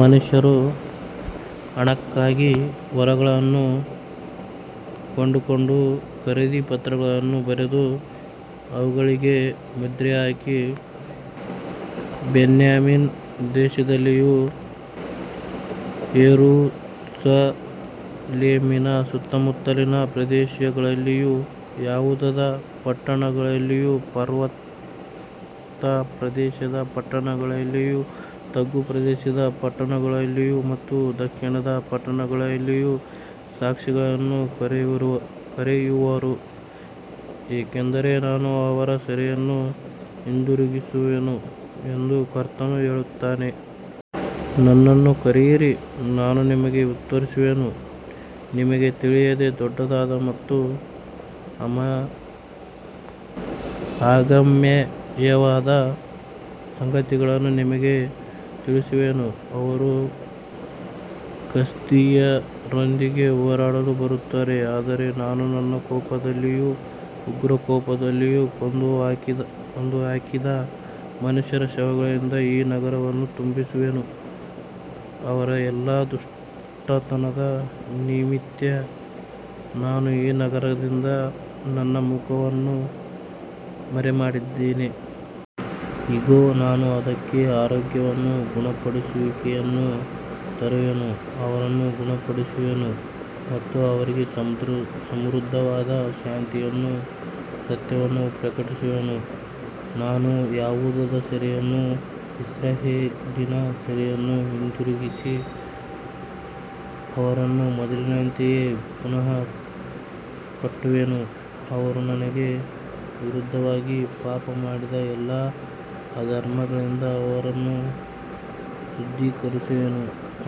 ಮನುಷ್ಯರು ಹಣಕ್ಕಾಗಿ ಹೊಲಗಳನ್ನು ಕೊಂಡುಕೊಂಡು, ಖರೀದಿಯ ಪತ್ರಗಳನ್ನು ಬರೆದು, ಅವುಗಳಿಗೆ ಮುದ್ರೆ ಹಾಕಿ, ಬೆನ್ಯಾಮೀನ್ ದೇಶದಲ್ಲಿಯೂ, ಯೆರೂಸಲೇಮಿನ ಸುತ್ತಮುತ್ತಲಿನ ಪ್ರದೇಶಗಳಲ್ಲಿಯೂ, ಯೆಹೂದದ ಪಟ್ಟಣಗಳಲ್ಲಿಯೂ, ಪರ್ವತ ಪ್ರದೇಶದ ಪಟ್ಟಣಗಳಲ್ಲಿಯೂ, ತಗ್ಗು ಪ್ರದೇಶದ ಪಟ್ಟಣಗಳಲ್ಲಿಯೂ ಮತ್ತು ದಕ್ಷಿಣದ ಪಟ್ಟಣಗಳಲ್ಲಿಯೂ ಸಾಕ್ಷಿಗಳನ್ನು ಕರೆಯುವರು, ಏಕೆಂದರೆ ನಾನು ಅವರ ಸೆರೆಯನ್ನು ಹಿಂದಿರುಗಿಸುವೆನು ಎಂದು ಕರ್ತನು ಹೇಳುತ್ತಾನೆ. ನನ್ನನ್ನು ಕರೆಯಿರಿ, ನಾನು ನಿಮಗೆ ಉತ್ತರಿಸುವೆನು, ನಿಮಗೆ ತಿಳಿಯದ ದೊಡ್ಡದಾದ ಮತ್ತು ಅಗಮ್ಯವಾದ ಸಂಗತಿಗಳನ್ನು ನಿಮಗೆ ತಿಳಿಸುವೆನು. ಅವರು ಕಸ್ದೀಯರೊಂದಿಗೆ ಹೋರಾಡಲು ಬರುತ್ತಾರೆ, ಆದರೆ ನಾನು ನನ್ನ ಕೋಪದಲ್ಲಿಯೂ ಉಗ್ರಕೋಪದಲ್ಲಿಯೂ ಕೊಂದುಹಾಕಿದ ಮನುಷ್ಯರ ಶವಗಳಿಂದ ಈ ನಗರವನ್ನು ತುಂಬಿಸುವೆನು, ಅವರ ಎಲ್ಲಾ ದುಷ್ಟತನದ ನಿಮಿತ್ತ ನಾನು ಈ ನಗರದಿಂದ ನನ್ನ ಮುಖವನ್ನು ಮರೆಮಾಡಿದ್ದೇನೆ. ಇಗೋ, ನಾನು ಅದಕ್ಕೆ ಆರೋಗ್ಯವನ್ನೂ ಗುಣಪಡಿಸುವಿಕೆಯನ್ನೂ ತರುವೆನು, ಅವರನ್ನು ಗುಣಪಡಿಸುವೆನು ಮತ್ತು ಅವರಿಗೆ ಸಮೃದ್ಧವಾದ ಶಾಂತಿಯನ್ನೂ ಸತ್ಯವನ್ನೂ ಪ್ರಕಟಿಸುವೆನು. ನಾನು ಯೆಹೂದದ ಸೆರೆಯನ್ನೂ ಇಸ್ರಾಯೇಲಿನ ಸೆರೆಯನ್ನೂ ಹಿಂದಿರುಗಿಸಿ, ಅವರನ್ನು ಮೊದಲಿನಂತೆಯೇ ಪುನಃ ಕಟ್ಟುವೆನು. ಅವರು ನನಗೆ ವಿರುದ್ಧವಾಗಿ ಪಾಪಮಾಡಿದ ಎಲ್ಲಾ ಅಧರ್ಮಗಳಿಂದ ಅವರನ್ನು ಶುದ್ಧೀಕರಿಸುವೆನು,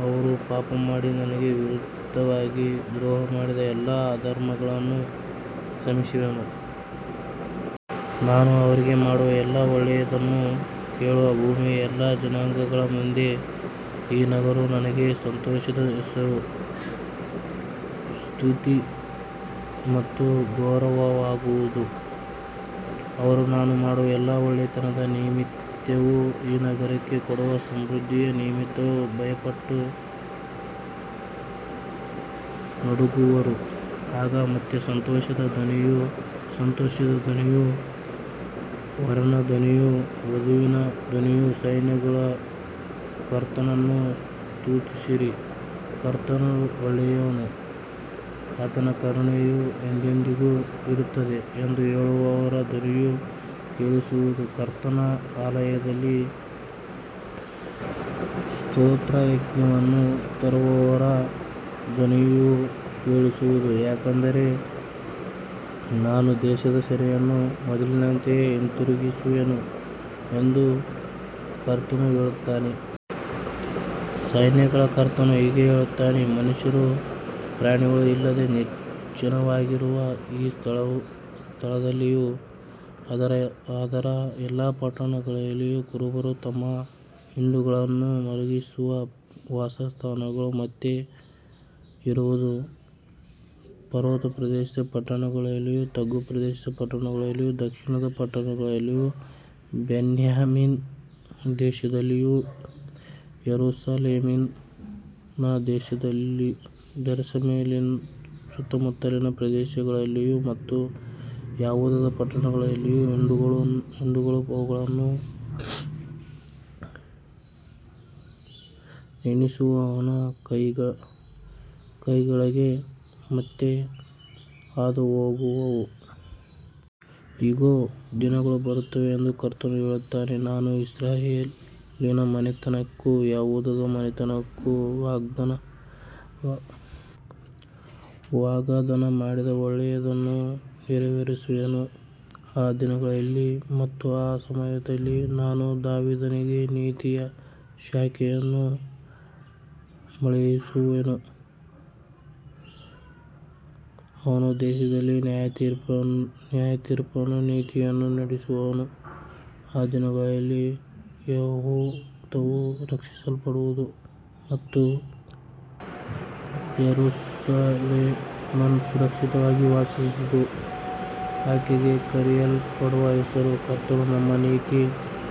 ಅವರು ಪಾಪಮಾಡಿ ನನಗೆ ವಿರುದ್ಧವಾಗಿ ದ್ರೋಹಮಾಡಿದ ಎಲ್ಲಾ ಅಧರ್ಮಗಳನ್ನು ಕ್ಷಮಿಸುವೆನು. ನಾನು ಅವರಿಗೆ ಮಾಡುವ ಎಲ್ಲಾ ಒಳ್ಳೆಯದನ್ನು ಕೇಳುವ ಭೂಮಿಯ ಎಲ್ಲಾ ಜನಾಂಗಗಳ ಮುಂದೆ ಈ ನಗರವು ನನಗೆ ಸಂತೋಷದ ಹೆಸರು, ಸ್ತುತಿ ಮತ್ತು ಗೌರವವಾಗುವುದು, ಅವರು ನಾನು ಮಾಡುವ ಎಲ್ಲಾ ಒಳ್ಳೆಯತನದ ನಿಮಿತ್ತವೂ ಈ ನಗರಕ್ಕೆ ಕೊಡುವ ಸಮೃದ್ಧಿಯ ನಿಮಿತ್ತವೂ ಭಯಪಟ್ಟು ನಡುಗುವರು. ಆಗ ಮತ್ತೆ ಸಂತೋಷದ ಧ್ವನಿಯೂ ಸಂತೋಷದ ಧ್ವನಿಯೂ, ವರನ ಧ್ವನಿಯೂ ವಧುವಿನ ಧ್ವನಿಯೂ, ಸೈನ್ಯಗಳ ಕರ್ತನನ್ನು ಸ್ತುತಿಸಿರಿ, ಕರ್ತನು ಒಳ್ಳೆಯವನು, ಆತನ ಕರುಣೆಯು ಎಂದೆಂದಿಗೂ ಇರುತ್ತದೆ ಎಂದು ಹೇಳುವವರ ಧ್ವನಿಯೂ ಕೇಳಿಸುವುದು, ಕರ್ತನ ಆಲಯದಲ್ಲಿ ಸ್ತೋತ್ರಯಜ್ಞವನ್ನು ತರುವವರ ಧ್ವನಿಯೂ ಕೇಳಿಸುವುದು, ಏಕೆಂದರೆ ನಾನು ದೇಶದ ಸೆರೆಯನ್ನು ಮೊದಲಿನಂತೆಯೇ ಹಿಂದಿರುಗಿಸುವೆನು ಎಂದು ಕರ್ತನು ಹೇಳುತ್ತಾನೆ. ಸೈನ್ಯಗಳ ಕರ್ತನು ಹೀಗೆ ಹೇಳುತ್ತಾನೆ, ಮನುಷ್ಯರೂ ಪ್ರಾಣಿಗಳೂ ಇಲ್ಲದೆ ನಿರ್ಜನವಾಗಿರುವ ಈ ಸ್ಥಳದಲ್ಲಿಯೂ ಅದರ ಎಲ್ಲಾ ಪಟ್ಟಣಗಳಲ್ಲಿಯೂ, ಕುರುಬರು ತಮ್ಮ ಹಿಂಡುಗಳನ್ನು ಮಲಗಿಸುವ ವಾಸಸ್ಥಾನಗಳು ಮತ್ತೆ ಇರುವುದು. ಪರ್ವತ ಪ್ರದೇಶದ ಪಟ್ಟಣಗಳಲ್ಲಿಯೂ, ತಗ್ಗು ಪ್ರದೇಶದ ಪಟ್ಟಣಗಳಲ್ಲಿಯೂ, ದಕ್ಷಿಣದ ಪಟ್ಟಣಗಳಲ್ಲಿಯೂ, ಬೆನ್ಯಾಮೀನ್ ದೇಶದಲ್ಲಿಯೂ, ಯೆರೂಸಲೇಮಿನ ಸುತ್ತಮುತ್ತಲಿನ ಪ್ರದೇಶಗಳಲ್ಲಿಯೂ ಮತ್ತು ಯೆಹೂದದ ಪಟ್ಟಣಗಳಲ್ಲಿಯೂ ಹಿಂಡುಗಳು ಅವುಗಳನ್ನು ಎಣಿಸುವವನ ಕೈಕೆಳಗೆ ಮತ್ತೆ ಹಾದುಹೋಗುವವು. ಇಗೋ, ದಿನಗಳು ಬರುತ್ತವೆ ಎಂದು ಕರ್ತನು ಹೇಳುತ್ತಾನೆ, ನಾನು ಇಸ್ರಾಯೇಲಿನ ಮನೆತನಕ್ಕೂ ಯೆಹೂದದ ಮನೆತನಕ್ಕೂ ವಾಗ್ದಾನ ಮಾಡಿದ ಒಳ್ಳೆಯದನ್ನು ನೆರವೇರಿಸುವೆನು. ಆ ದಿನಗಳಲ್ಲಿ ಮತ್ತು ಆ ಸಮಯದಲ್ಲಿ ನಾನು ದಾವೀದನಿಗೆ ನೀತಿಯ ಶಾಖೆಯನ್ನು ಮೊಳೆಯಿಸುವೆನು, ಅವನು ದೇಶದಲ್ಲಿ ನ್ಯಾಯತೀರ್ಪನ್ನೂ ನೀತಿಯನ್ನೂ ನಡೆಸುವನು. ಆ ದಿನಗಳಲ್ಲಿ ಯೆಹೂದವು ರಕ್ಷಿಸಲ್ಪಡುವುದು ಮತ್ತು ಯೆರೂಸಲೇಮ್ ಸುರಕ್ಷಿತವಾಗಿ ವಾಸಿಸುವುದು, ಆಕೆಗೆ ಕರೆಯಲ್ಪಡುವ ಹೆಸರು, ಕರ್ತನು ನಮ್ಮ ನೀತಿ.